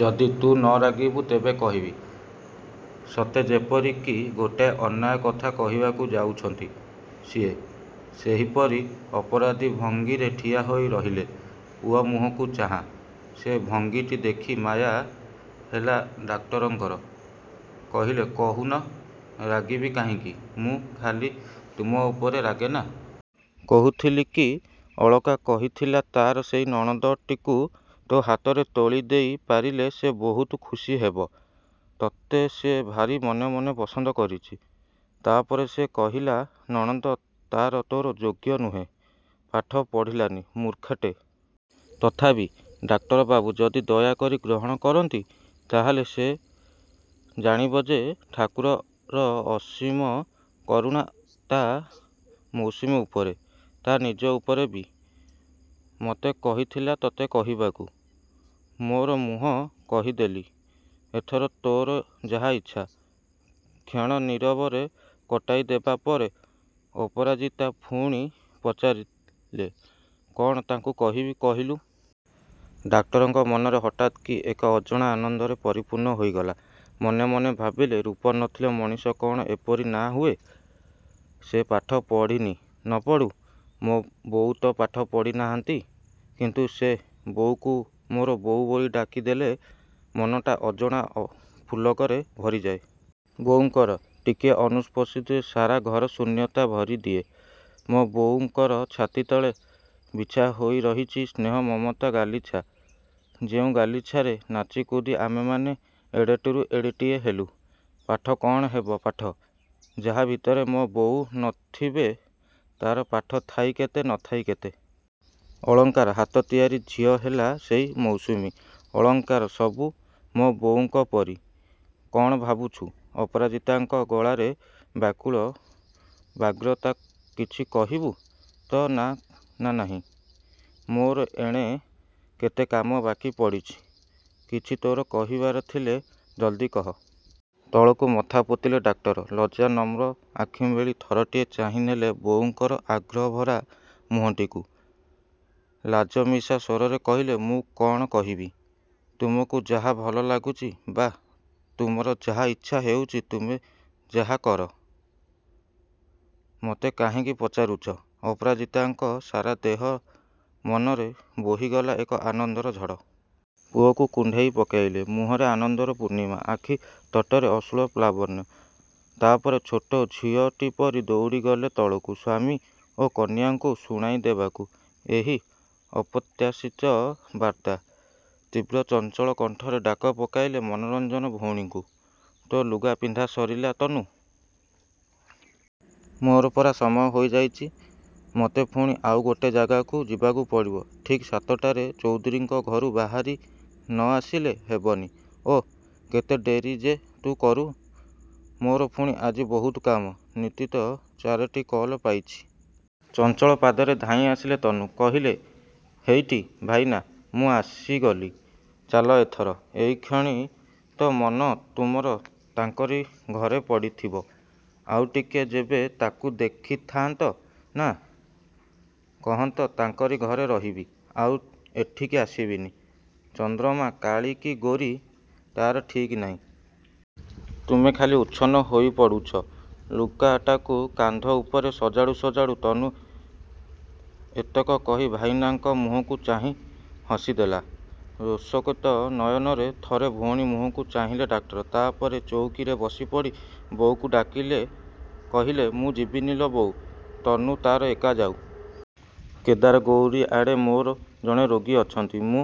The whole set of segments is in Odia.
ଯଦି ତୁ ନ ରାଗିବୁ ତେବେ କହିବି। ସତେଯେପରି କି ଗୋଟାଏ ଅନ୍ୟାୟ କଥା କହିବାକୁ ଯାଉଛନ୍ତି। ସିଏ! ସେହିପରି ଅପରାଧୀ ଭଙ୍ଗୀରେ ଠିଆ ହୋଇ ରହିଲେ ପୁଅ ମୁହଁକୁ ଚାହାଁ। ସେ ଭଙ୍ଗୀଟି ଦେଖି ମାୟା ହେଲା ଡାକ୍ତରଙ୍କର। କହିଲେ–କହୁନ, ରାଗିବି କାହିଁକି? ମୁଁ ଖାଲି ତୁମ ଓପରେ ରାଗେ ନାଁ? କହୁଥିଲି କି, ଅଳକା କହିଥିଲା ତା'ର ସେଇ ନଣନ୍ଦଟିକୁ ତୋ ହାତରେ ତୋଳି ଦେଇପାରିଲେ ସେ ବହୁତ ଖୁସି ହେବ। ତତେ ସିଏ ଭାରି ମନେ ମନେ ପସନ୍ଦ କରିଛି। ତାପରେ ସେ କହିଲା ନଣନ୍ଦ ତା'ର ତୋର ଯୋଗ୍ୟ ନୁହେଁ, ପାଠ ପଢ଼ିଲାନି। ମୂର୍ଖାଟେ। ତଥାପି ଡାକ୍ତରବାବୁ ଯଦି ଦୟା କରି ଗ୍ରହଣ କରନ୍ତି ତା'ହେଲେ ସେ ଜାଣିବ ଯେ ଠାକୁରର ଅସୀମ କରୁଣା ତା' ମୌସୁମୀ ଉପରେ। ତା' ନିଜ ଉପରେ ବି। ମୋତେ କହିଥିଲା ତତେ କହିବାକୁ। ମୋର ମୁଁହ କହିଦେଲି। ଏଥର ତୋର ଯାହା ଇଚ୍ଛା। କ୍ଷଣ ନୀରବରେ କଟାଇ ଦେବା ପରେ ଅପରାଜିତା ଫୁଣି ପଚାରିଲେ, କ'ଣ ତାଙ୍କୁ କହିବି, କହିଲୁ? ଡାକ୍ତରଙ୍କ ମନରେ ହଠାତ୍ କି ଏକ ଅଜଣା ଆନନ୍ଦରେ ପରିପୂର୍ଣ୍ଣ ହୋଇଗଲା। ମନେ ମନେ ଭାବିଲେ ରୂପ ନଥିଲେ ମଣିଷ କ'ଣ ଏପରି ନାଁ ହୁଏ! ସେ ପାଠ ପଢ଼ିନି, ନ ପଢ଼ୁ। ମୋ ବୋଉ ତ ପାଠ ପଢ଼ିନାହାନ୍ତି। କିନ୍ତୁ ସେ ବୋଉକୁ ମୋର ବୋଉ ବୋଲି ଡାକିଦେଲେ ମନଟା ଅଜଣା ଅ ପୁଲକରେ ଭରିଯାଏ। ବୋଉଙ୍କର ଟିକିଏ ଅନୁସ୍ପସିତି ସାରା ଘର ଶୂନ୍ୟତା ଭରିଦିଏ। ମୋ ବୋଉଙ୍କର ଛାତି ତଳେ ବିଛା ହୋଇ ରହିଛି ସ୍ନେହ ମମତା ଗାଲିଚା, ଯେଉଁ ଗାଲିଚାରେ ନାଚି କୁଦି ଆମେମାନେ ଏଡ଼େଟିରୁ ଏଡ଼ିଟିଏ ହେଲୁ। ପାଠ, କ'ଣ ହେବ ପାଠ! ଯାହା ଭିତରେ ମୋ ବୋଉ ନ ଥିବେ ତା'ର ପାଠ ଥାଇ କେତେ, ନ ଥାଇ କେତେ। ଅଳଙ୍କାର ହାତ ତିଆରି ଝିଅ ହେଲା ସେଇ ମୌସୁମୀ। ଅଳଙ୍କାର ସବୁ ମୋ ବୋଉଙ୍କ ପରି। କ'ଣ ଭାବୁଛୁ? ଅପରାଜିତାଙ୍କ ଗଳାରେ ବ୍ୟାକୁଳ ବ୍ୟଗ୍ରତା। କିଛି କହିବୁ ତ, ନା ନାହିଁ? ମୋର ଏଣେ କେତେ କାମ ବାକି ପଡ଼ିଛି। କିଛି ତୋର କହିବାର ଥିଲେ ଜଲ୍ଦି କହ। ତଳକୁ ମଥା ପୋତିଲେ ଡାକ୍ତର। ଲଜ୍ଜାନମ୍ର ଆଖି ମେଲି ଥରଟିଏ ଚାହିଁନେଲେ ବୋଉଙ୍କର ଆଗ୍ରହଭରା ମୁହଁଟିକୁ। ଲାଜମିଶା ସ୍ୱରରେ କହିଲେ ମୁଁ କ'ଣ କହିବି। ତୁମକୁ ଯାହା ଭଲ ଲାଗୁଚି ବା ତୁମର ଯାହା ଇଚ୍ଛା ହେଉଚି ତୁମେ ଯାହା କର। ମତେ କାହିଁକି ପଚାରୁଚ? ଅପରାଜିତାଙ୍କ ସାରା ଦେହ ମନରେ ବୋହିଗଲା ଏକ ଆନନ୍ଦର ଝଡ଼। ପୁଅକୁ କୁଣ୍ଢେଇ ପକେଇଲେ। ମୁହଁରେ ଆନନ୍ଦର ପୂର୍ଣ୍ଣିମା। ଆଖିତଟରେ ଅଶ୍ରୁର ପ୍ଲାବନ। ତା'ପରେ, ଛୋଟ ଝିଅଟିପରି ଦଉଡ଼ିଗଲେ ତଳକୁ ସ୍ୱାମୀ ଓ କନ୍ୟାଙ୍କୁ ଶୁଣାଇ ଦେବାକୁ ଏହି ଅପ୍ରତ୍ୟାଶିତ ବାର୍ତ୍ତା! ତୀବ୍ର ଚଞ୍ଚଳ କଣ୍ଠରେ ଡାକ ପକାଇଲେ ମନୋରଞ୍ଜନ ଭଉଣୀକୁ। ତୋ ଲୁଗା ପିନ୍ଧା ସରିଲା ତନୁ। ମୋର ପରା ସମୟ ହୋଇଯାଉଛି। ମୋତେ ପୁଣି ଆଉ ଗୋଟେ ଜାଗାକୁ ଯିବାକୁ ପଡ଼ିବ। ଠିକ୍ ସାତଟାରେ ଚୌଧୁରୀଙ୍କ ଘରୁ ବାହାରି ନ ଆସିଲେ ହେବନି। ଓଃ, କେତେ ଡେରି ଯେ ତୁ କରୁ। ମୋର ପୁଣି ଆଜି ବହୁତ କାମ। ନୀତିତ, ଚାରଟି କଲ୍ ପାଇଛି। ଚଞ୍ଚଳ ପାଦରେ ଧାଇଁଆସିଲେ ତନୁ। କହିଲେ–ହେଇଟି ଭାଇନା, ମୁଁ ଆସିଗଲି। ଚାଲ ଏଥର। ଏଇକ୍ଷଣି ତ ମନ ତୁମର ତାଙ୍କରି ଘରେ ପଡ଼ିଥିବ। ଆଉଟିକେ ଯେବେ ତାଙ୍କୁ ଦେଖିଥାଆନ୍ତ ନା, କହନ୍ତ ତାଙ୍କରି ଘରେ ରହିବି। ଆଉ ଏଠିକି ଆସିବିନି। ଚନ୍ଦ୍ରମା କାଳୀ କି ଗୋରୀ ତା'ର ଠିକ୍ ନାହିଁ। ତୁମେ ଖାଲି ଉଚ୍ଛନ୍ନ ହୋଇପଡ଼ୁଛ। ଲୁଗାଟାକୁ କାନ୍ଧ ଉପରେ ସଜାଡ଼ୁ, ସଜାଡ଼ୁ ତନୁ ଏତକ କହି ଭାଇନାଙ୍କ ମୁହଁକୁ ଚାହିଁ ହସିଦେଲା। ରୋଷକିତ ନୟନରେ ଥରେ ଭଉଣୀ ମୁହଁକୁ ଚାହିଁଲେ ଡାକ୍ତର। ତାପରେ ଚୌକିରେ ବସିପଡ଼ି ବୋଉକୁ ଡାକିଲେ କହିଲେ ମୁଁ ଯିବିନି ଲୋ ବୋଉ। ତନୁ ତା'ର ଏକା ଯାଉ। କେଦାରଗୌରୀଆଡ଼େ ମୋର ଜଣେ ରୋଗୀ ଅଛନ୍ତି, ମୁଁ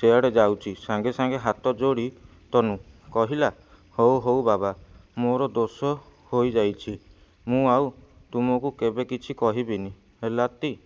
ସେଆଡ଼େ ଯାଉଚି। ସାଙ୍ଗେ ସାଙ୍ଗେ ହାତ ଯୋଡ଼ିଲା ତନୁ। କହିଲା–ହଉ ହଉ ବାବା, ମୋର ଦୋଷ ହୋଇଯାଇଛି। ମୁଁ ଆଉ ତୁମକୁ କେବେ କିଛି କହିବିନି ହେଲାତି?